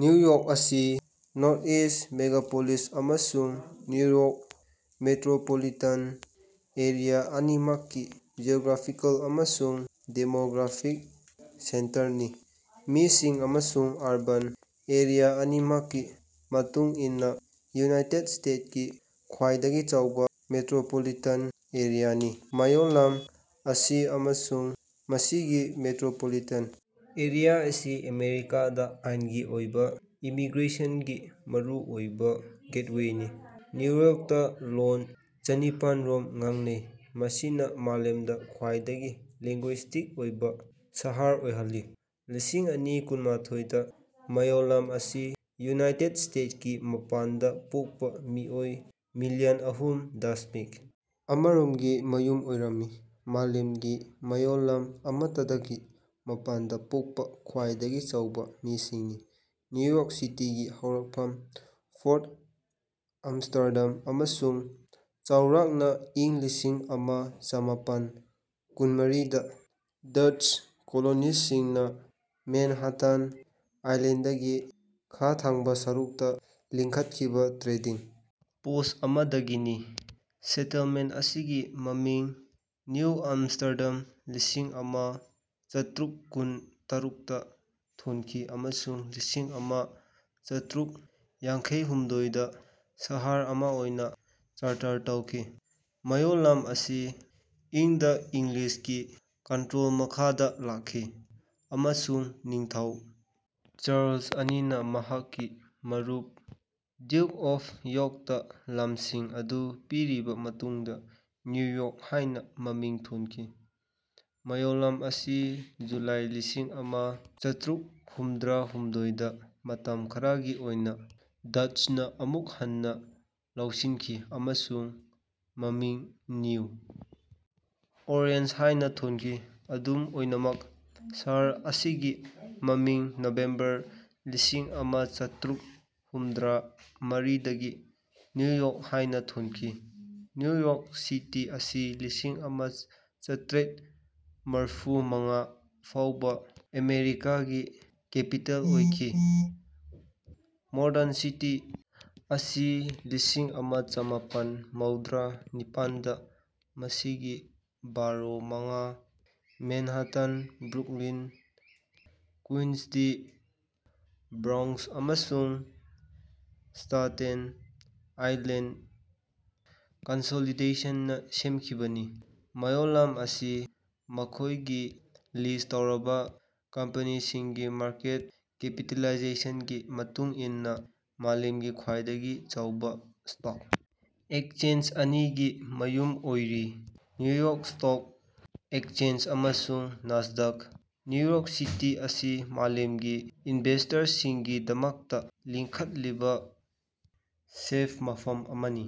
New York ꯑꯁꯤ northeast megalopolis ꯑꯃꯁꯨꯡ New York metropolitan area ꯑꯅꯤꯃꯛꯀꯤ ꯖꯤꯑꯣꯒ꯭ꯔꯥꯐꯤꯀꯦꯜ ꯑꯃꯁꯨꯡ ꯗꯦꯃꯣꯒ꯭ꯔꯥꯐꯤꯛ ꯁꯦꯟꯇꯔꯅꯤ꯫ ꯃꯤꯁꯤꯡ ꯑꯃꯁꯨꯡ ꯑꯔꯕꯥꯟ ꯑꯦꯔꯤꯌꯥ ꯑꯅꯤꯃꯛꯀꯤ ꯃꯇꯨꯡ ꯏꯟꯅꯥ ꯌꯨꯅꯥꯏꯇꯦꯗ ꯁ꯭ꯇꯦꯠꯀꯤ ꯈ꯭ꯋꯥꯏꯗꯒꯤ ꯆꯥꯎꯕꯥ ꯃꯦꯇ꯭ꯔꯣꯄꯣꯂꯤꯇꯥꯟ ꯑꯦꯔꯤꯌꯥꯅꯤ꯫ ꯃꯌꯣꯜꯂꯝ ꯑꯁꯤ ꯑꯃꯁꯨꯡ ꯃꯁꯤꯒꯤ ꯃꯦꯇ꯭ꯔꯣꯄꯣꯂꯤꯇꯥꯟ ꯑꯦꯔꯤꯌꯥ ꯑꯁꯤ ꯑꯃꯦꯔꯤꯀꯥꯗꯥ ꯑꯥꯏꯟꯒꯤ ꯑꯣꯏꯕꯥ ꯏꯃꯤꯒ꯭ꯔꯦꯁꯟꯒꯤ ꯃꯔꯨꯑꯣꯏꯕꯥ ꯒꯦꯠꯋꯦꯅꯤ꯫ ꯅ꯭ꯌꯨ ꯌꯣꯔ꯭ꯀꯇꯥ ꯂꯣꯜ ꯆꯅꯤꯄꯥꯟꯔꯣꯝ ꯉꯥꯡꯅꯩ ꯃꯁꯤꯅꯥ ꯃꯥꯂꯦꯝꯗꯥ ꯈ꯭ꯋꯥꯏꯗꯒꯤ ꯂꯤꯉ꯭ꯒꯨꯏꯁ꯭ꯇꯤꯛ ꯑꯣꯏꯕꯥ ꯁꯍꯔ ꯑꯣꯏꯍꯜꯂꯤ꯫ ꯂꯤꯁꯤꯡ ꯑꯅꯤ ꯀꯨꯟꯃꯥꯊꯣꯏꯗꯥ ꯃꯌꯣꯜꯂꯝ ꯑꯁꯤ ꯌꯨꯅꯥꯏꯇꯦꯗ ꯁ꯭ꯇꯦꯠꯀꯤ ꯃꯄꯥꯟꯗꯥ ꯄꯣꯛꯄꯥ ꯃꯤꯑꯣꯏ ꯃꯤꯂꯤꯌꯟ ꯑꯍꯨꯝ ꯗꯁꯃꯤꯛ ꯑꯃꯔꯣꯝꯒꯤ ꯃꯌꯨꯝ ꯑꯣꯏꯔꯝꯃꯤ꯫ ꯃꯥꯂꯦꯝꯒꯤ ꯃꯌꯣꯜꯂꯝ ꯑꯃꯠꯇꯗꯒꯤ ꯃꯄꯥꯟꯗꯥ ꯄꯣꯛꯄꯥ ꯈ꯭ꯋꯥꯏꯗꯒꯤ ꯆꯥꯎꯕꯥ ꯃꯤꯁꯤꯡꯅꯤ꯫ ꯅ꯭ꯌꯨ ꯌꯣꯔ꯭ꯛ ꯁꯤꯇꯤꯒꯤ ꯍꯧꯔꯛꯐꯝ ꯐꯣꯔꯠ ꯑꯝꯁ꯭ꯇꯔꯗꯥꯝ ꯑꯃꯁꯨꯡ ꯆꯥꯎꯔꯥꯛꯅꯥ ꯏꯪ ꯂꯤꯁꯤꯡ ꯑꯃ ꯆꯃꯥꯄꯟ ꯀꯨꯟꯃꯔꯤꯗ ꯗꯆ꯭ꯁ ꯀꯣꯂꯣꯅꯤꯁ꯭ꯠꯁꯤꯡꯅꯥ ꯃꯦꯟꯍꯥꯇꯟ ꯑꯥꯏꯂꯦꯟꯗꯒꯤ ꯈꯥ ꯊꯪꯕꯥ ꯁꯔꯨꯛꯇꯥ ꯂꯤꯡꯈꯠꯈꯤꯕꯥ ꯇ꯭ꯔꯦꯗꯤꯡ ꯄꯣꯁ꯭ꯠ ꯑꯃꯗꯒꯤꯅꯤ꯫ ꯁꯦꯇꯜꯃꯦꯟꯠ ꯑꯁꯤꯒꯤ ꯃꯃꯤꯡ ꯅ꯭ꯌꯨ ꯑꯝꯁ꯭ꯇꯔꯗꯥꯝ ꯂꯤꯁꯤꯡ ꯑꯃ ꯆꯥꯇ꯭ꯔꯨꯛ ꯀꯨꯟ ꯇꯔꯨꯛꯇ ꯊꯣꯟꯈꯤ ꯑꯃꯁꯨꯡ ꯂꯤꯁꯤꯡ ꯑꯃ ꯆꯥꯇ꯭ꯔꯨꯛ ꯌꯥꯡꯈꯩꯍꯨꯝꯗꯣꯏꯗ ꯁꯍꯔ ꯑꯃꯥ ꯑꯣꯏꯅꯥ ꯆꯥꯔꯇꯔ ꯇꯧꯈꯤ꯫ ꯃꯌꯣꯜꯂꯝ ꯑꯁꯤ ꯏꯪ ꯗꯥ ꯏꯪꯂꯤꯁꯀꯤ ꯀꯟꯇ꯭ꯔꯣꯜ ꯃꯈꯥꯗꯥ ꯂꯥꯛꯈꯤ ꯑꯃꯁꯨꯡ ꯅꯤꯡꯊꯧ ꯆꯥꯔꯜꯁ ꯑꯅꯤꯅꯥ ꯃꯍꯥꯛꯀꯤ ꯃꯔꯨꯞ ꯗ꯭ꯌꯨꯛ ꯑꯣꯐ ꯌꯣꯔ꯭ꯛꯇꯥ ꯂꯝꯁꯤꯡ ꯑꯗꯨ ꯄꯤꯔꯕꯥ ꯃꯇꯨꯡꯗꯥ ꯅ꯭ꯌꯨ ꯌꯣꯔ꯭ꯛ ꯍꯥꯏꯅꯥ ꯃꯃꯤꯡ ꯊꯣꯟꯈꯤ꯫ ꯃꯌꯣꯜꯂꯝ ꯑꯁꯤ ꯖꯨꯂꯥꯏ ꯂꯤꯁꯤꯡ ꯑꯃ ꯆꯥꯇ꯭ꯔꯨꯛ ꯍꯨꯝꯗ꯭ꯔꯥꯍꯨꯝꯗꯣꯏꯗ ꯃꯇꯝ ꯈꯔꯒꯤ ꯑꯣꯏꯅꯥ ꯗꯆ꯭ꯁꯅꯥ ꯑꯃꯨꯛ ꯍꯟꯅꯥ ꯂꯧꯁꯤꯟꯈꯤ ꯑꯃꯁꯨꯡ ꯃꯃꯤꯡ ꯅ꯭ꯌꯨ ꯑꯣꯔꯦꯟꯖ ꯍꯥꯏꯅꯥ ꯊꯣꯟꯈꯤ ꯑꯗꯨꯝ ꯑꯣꯏꯅꯃꯛ ꯁꯍꯔ ꯑꯁꯤꯒꯤ ꯃꯃꯤꯡ ꯅꯕꯦꯝꯕꯔ ꯂꯤꯁꯤꯡ ꯑꯃ ꯆꯥꯇ꯭ꯔꯨꯛ ꯍꯨꯝꯗ꯭ꯔꯥ ꯃꯔꯤꯗꯒꯤ ꯅ꯭ꯌꯨ ꯌꯣꯔꯛ ꯍꯥꯏꯅꯥ ꯊꯣꯟꯈꯤ꯫ ꯅ꯭ꯌꯨ ꯌꯣꯔꯛ ꯁꯤꯇꯤ ꯑꯁꯤ ꯂꯤꯁꯤꯡ ꯑꯃ ꯆꯥꯇ꯭ꯔꯦꯠ ꯃꯔꯐꯨ ꯃꯉꯥ ꯐꯥꯎꯕꯥ ꯑꯃꯦꯔꯤꯀꯥꯒꯤ ꯀꯦꯄꯤꯇꯦꯜ ꯑꯣꯏꯈꯤ꯫ ꯃꯣꯗꯔꯟ ꯁꯤꯇꯤ ꯑꯁꯤ ꯂꯤꯁꯤꯡ ꯑꯃ ꯆꯃꯥꯄꯟ ꯃꯧꯗ꯭ꯔꯥ ꯅꯤꯄꯥꯟꯗ ꯃꯁꯤꯒꯤ ꯕꯔꯣ ꯃꯉꯥ Manhattan Brooklyn Queens the Bronx ꯑꯃꯁꯨꯡ ꯁ꯭ꯇꯥꯇꯦꯟ ꯑꯥꯏꯂꯦꯟꯗ ꯀꯟꯁꯣꯂꯤꯗꯦꯁꯟꯅꯥ ꯁꯦꯝꯈꯤꯕꯅꯤ꯫ ꯃꯌꯣꯜꯂꯝ ꯑꯁꯤ ꯃꯈꯣꯏꯒꯤ ꯂꯤꯁ꯭ꯠ ꯇꯧꯔꯕꯥ ꯀꯝꯄꯦꯅꯤꯁꯤꯡꯒꯤ ꯃꯥꯔꯀꯦꯠ ꯀꯦꯄꯤꯇꯦꯂꯥꯏꯖꯦꯁꯟꯒꯤ ꯃꯇꯨꯡ ꯏꯟꯅꯥ ꯃꯥꯂꯦꯝꯒꯤ ꯈ꯭ꯋꯥꯏꯗꯒꯤ ꯆꯥꯎꯕꯥ ꯁ꯭ꯇꯣꯛ ꯑꯦꯛꯆꯦꯟꯖ ꯑꯅꯤꯒꯤ ꯃꯌꯨꯝ ꯑꯣꯏꯔꯤ ꯅ꯭ꯌꯨ ꯌꯣꯔ꯭ꯛ ꯁ꯭ꯇꯣꯛ ꯑꯦꯛꯆꯦꯟꯖ ꯑꯃꯁꯨꯡ ꯅꯥꯁꯗꯥꯛ꯫ ꯅ꯭ꯌꯨ ꯌꯣꯔ꯭ꯛ ꯁꯤꯇꯤ ꯑꯁꯤ ꯃꯥꯂꯦꯝꯒꯤ ꯏꯟꯚꯦꯁꯇꯔꯁꯤꯡꯒꯤꯗꯃꯛꯇꯥ ꯂꯤꯡꯈꯠꯂꯛꯂꯤꯕꯥ ꯁꯥꯐꯕꯥ ꯃꯐꯝ ꯑꯃꯅꯤ꯫